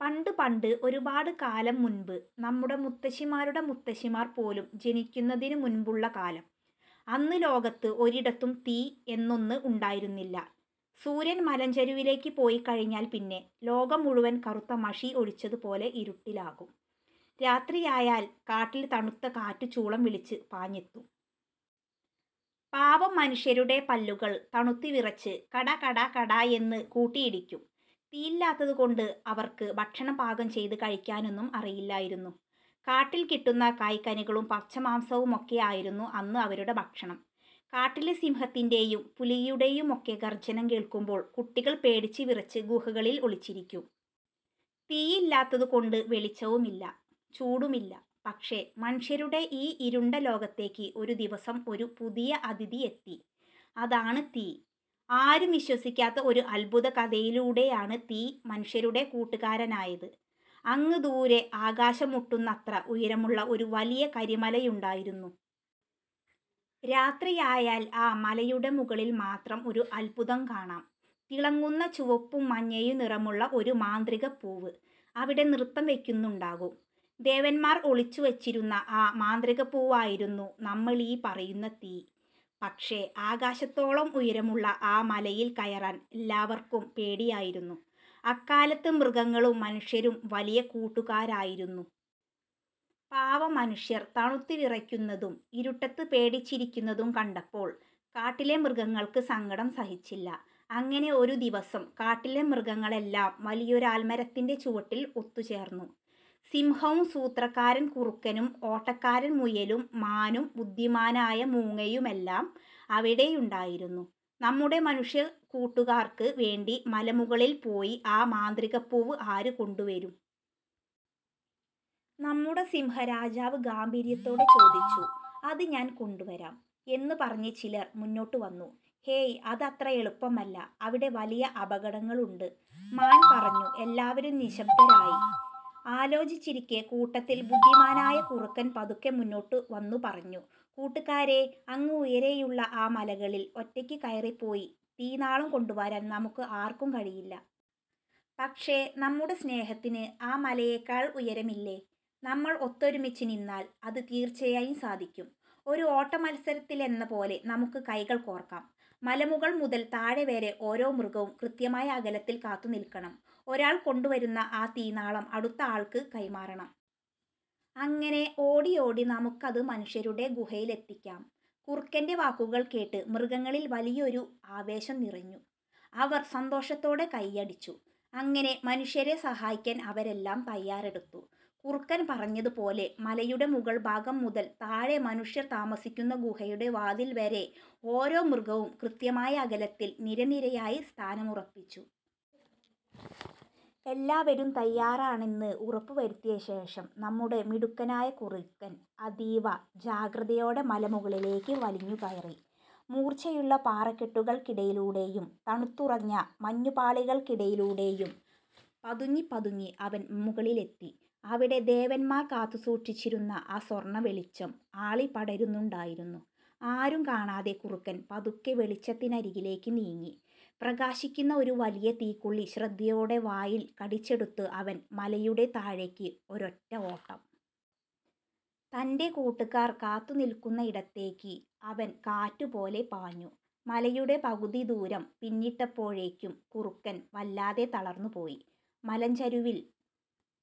പണ്ട് പണ്ട് ഒരുപാട് കാലം മുൻപ് നമ്മുടെ മുത്തശ്ശിമാരുടെ മുത്തശ്ശിമാർ പോലും ജനിക്കുന്നതിനും മുൻപുള്ള കാലം. അന്ന് ലോകത്ത് ഒരിടത്തും 'തീ' എന്നൊന്ന് ഉണ്ടായിരുന്നില്ല. സൂര്യൻ മലഞ്ചരുവിലേക്ക് പോയിക്കഴിഞ്ഞാൽ പിന്നെ ലോകം മുഴുവൻ കറുത്ത മഷി ഒഴിച്ചതുപോലെ ഇരുട്ടിലാകും. രാത്രിയായാൽ കാട്ടിൽ തണുത്ത കാറ്റ് ചൂളം വിളിച്ച് പാഞ്ഞെത്തും. പാവം മനുഷ്യരുടെ പല്ലുകൾ തണുത്ത് വിറച്ച് 'കട-കട-കട' എന്ന് കൂട്ടിയിടിക്കും. തീയില്ലാത്തതുകൊണ്ട് അവർക്ക് ഭക്ഷണം പാകം ചെയ്ത് കഴിക്കാനൊന്നും അറിയില്ലായിരുന്നു. കാട്ടിൽ കിട്ടുന്ന കായ്കനികളും പച്ചമാംസവുമൊക്കെ ആയിരുന്നു അന്ന് അവരുടെ ഭക്ഷണം. കാട്ടിലെ സിംഹത്തിന്റെയും പുലിയുടെയുമൊക്കെ ഗർജനം കേൾക്കുമ്പോൾ കുട്ടികൾ പേടിച്ച് വിറച്ച് ഗുഹകളിൽ ഒളിച്ചിരിക്കും. തീയില്ലാത്തതു കൊണ്ട് വെളിച്ചവുമില്ല, ചൂടുമില്ല! പക്ഷേ, മനുഷ്യരുടെ ഈ ഇരുണ്ട ലോകത്തേക്ക് ഒരു ദിവസം ഒരു പുതിയ അതിഥി എത്തി. അതാണ് 'തീ'. ആരും വിശ്വസിക്കാത്ത ഒരു അത്ഭുത കഥയിലൂടെയാണ് തീ മനുഷ്യരുടെ കൂട്ടുകാരനായത്. അങ്ങ് ദൂരെ, ആകാശം മുട്ടുന്നത്ര ഉയരമുള്ള ഒരു വലിയ കരിമലയുണ്ടായിരുന്നു. രാത്രിയായാൽ ആ മലയുടെ മുകളിൽ മാത്രം ഒരു അത്ഭുതം കാണാം! തിളങ്ങുന്ന ചുവപ്പും മഞ്ഞയും നിറമുള്ള ഒരു 'മാന്ത്രികപ്പൂവ്' അവിടെ നൃത്തം വയ്ക്കുന്നുണ്ടാകും. ദേവന്മാർ ഒളിച്ചുവച്ചിരുന്ന ആ മാന്ത്രികപ്പൂവായിരുന്നു നമ്മളീ പറയുന്ന 'തീ'. പക്ഷേ ആകാശത്തോളം ഉയരമുള്ള ആ മലയിൽ കയറാൻ എല്ലാവർക്കും പേടിയായിരുന്നു. അക്കാലത്ത് മൃഗങ്ങളും മനുഷ്യരും വലിയ കൂട്ടുകാരായിരുന്നു. പാവം മനുഷ്യർ തണുത്ത് വിറയ്ക്കുന്നതും ഇരുട്ടത്ത് പേടിച്ചിരിക്കുന്നതും കണ്ടപ്പോൾ കാട്ടിലെ മൃഗങ്ങൾക്ക് സങ്കടം സഹിച്ചില്ല. അങ്ങനെ ഒരു ദിവസം കാട്ടിലെ മൃഗങ്ങളെല്ലാം വലിയൊരാൽമരത്തിന്റെ ചുവട്ടിൽ ഒത്തുചേർന്നു. സിംഹവും, സൂത്രക്കാരൻ കുറുക്കനും, ഓട്ടക്കാരൻ മുയലും, മാനും ബുദ്ധിമാനായ മൂങ്ങയുമെല്ലാം അവിടെയുണ്ടായിരുന്നു. "നമ്മുടെ മനുഷ്യക്കൂട്ടുകാർക്ക് വേണ്ടി മലമുകളിൽ പോയി ആ മാന്ത്രികപ്പൂവ് ആര് കൊണ്ടുവരും? " നമ്മുടെ സിംഹരാജാവ് ഗാംഭീര്യത്തോടെ ചോദിച്ചു. "അത് ഞാൻ കൊണ്ടുവരാം! " എന്ന് പറഞ്ഞ് ചിലർ മുന്നോട്ടുവന്നു. "ഹേയ്, അതത്ര എളുപ്പമല്ല, അവിടെ വലിയ അപകടങ്ങളുണ്ട്! " മാൻ പറഞ്ഞു എല്ലാവരും നിശബ്ദരായി ആലോചിച്ചിരിക്കെ, കൂട്ടത്തിൽ ബുദ്ധിമാനായ കുറുക്കൻ പതുക്കെ മുന്നോട്ട് വന്നു പറഞ്ഞു: "കൂട്ടുകാരേ, അങ്ങ് ഉയരെയുള്ള ആ മലമുകളിൽ ഒറ്റയ്ക്ക് കയറിപ്പോയി തീനാളം കൊണ്ടുവരാൻ നമുക്ക് ആർക്കും കഴിയില്ല. പക്ഷേ, നമ്മുടെ സ്നേഹത്തിന് ആ മലയേക്കാൾ ഉയരമില്ലേ? നമ്മൾ ഒത്തൊരുമിച്ച് നിന്നാൽ ഇത് തീർച്ചയായും സാധിക്കും! ഒരു ഓട്ടമത്സരത്തിലെന്ന പോലെ നമുക്ക് കൈകൾ കോർക്കാം. മലമുകൾ മുതൽ താഴെ വരെ ഓരോ മൃഗവും കൃത്യമായ അകലത്തിൽ കാത്തുനിൽക്കണം. ഒരാൾ കൊണ്ടുവരുന്ന ആ തീനാളം അടുത്ത ആൾക്ക് കൈമാറണം. അങ്ങനെ ഓടി ഓടി നമുക്കത് മനുഷ്യരുടെ ഗുഹയിലെത്തിക്കാം! " കുറുക്കന്റെ വാക്കുകൾ കേട്ട് മൃഗങ്ങളിൽ വലിയൊരു ആവേശം നിറഞ്ഞു. അവർ സന്തോഷത്തോടെ കൈയടിച്ചു. അങ്ങനെ മനുഷ്യരെ സഹായിക്കാൻ അവരെല്ലാം തയ്യാറെടുത്തു. കുറുക്കൻ പറഞ്ഞതുപോലെ, മലയുടെ മുകൾഭാഗം മുതൽ താഴെ മനുഷ്യർ താമസിക്കുന്ന ഗുഹയുടെ വാതിൽ വരെ ഓരോ മൃഗവും കൃത്യമായ അകലത്തിൽ നിരനിരയായി സ്ഥാനമുറപ്പിച്ചു. എല്ലാവരും തയ്യാറാണെന്ന് ഉറപ്പുവരുത്തിയ ശേഷം, നമ്മുടെ മിടുക്കനായ കുറുക്കൻ അതീവ ജാഗ്രതയോടെ മലമുകളിലേക്ക് വലിഞ്ഞുകയറി. മൂർച്ചയുള്ള പാറക്കെട്ടുകൾക്കിടയിലൂടെയും തണുത്തുറഞ്ഞ മഞ്ഞുപാളികൾക്കിടയിലൂടെയും പതുങ്ങിപ്പതുങ്ങി അവൻ മുകളിലെത്തി. അവിടെ, ദേവന്മാർ കാത്തുസൂക്ഷിച്ചിരുന്ന ആ സ്വർണ വെളിച്ചം ആളിപ്പടരുന്നുണ്ടായിരുന്നു! ആരും കാണാതെ കുറുക്കൻ പതുക്കെ വെളിച്ചത്തിനരികിലേക്ക് നീങ്ങി. പ്രകാശിക്കുന്ന ഒരു വലിയ തീക്കൊള്ളി ശ്രദ്ധയോടെ വായിൽ കടിച്ചെടുത്ത് അവൻ മലയുടെ താഴേക്ക് ഒരൊറ്റ ഓട്ടം! തന്റെ കൂട്ടുകാർ കാത്തുനിൽക്കുന്ന ഇടത്തേക്ക് അവൻ കാറ്റുപോലെ പാഞ്ഞു. മലയുടെ പകുതി ദൂരം പിന്നിട്ടപ്പോഴേക്കും കുറുക്കൻ വല്ലാതെ തളർന്നുപോയി. മലഞ്ചരുവിൽ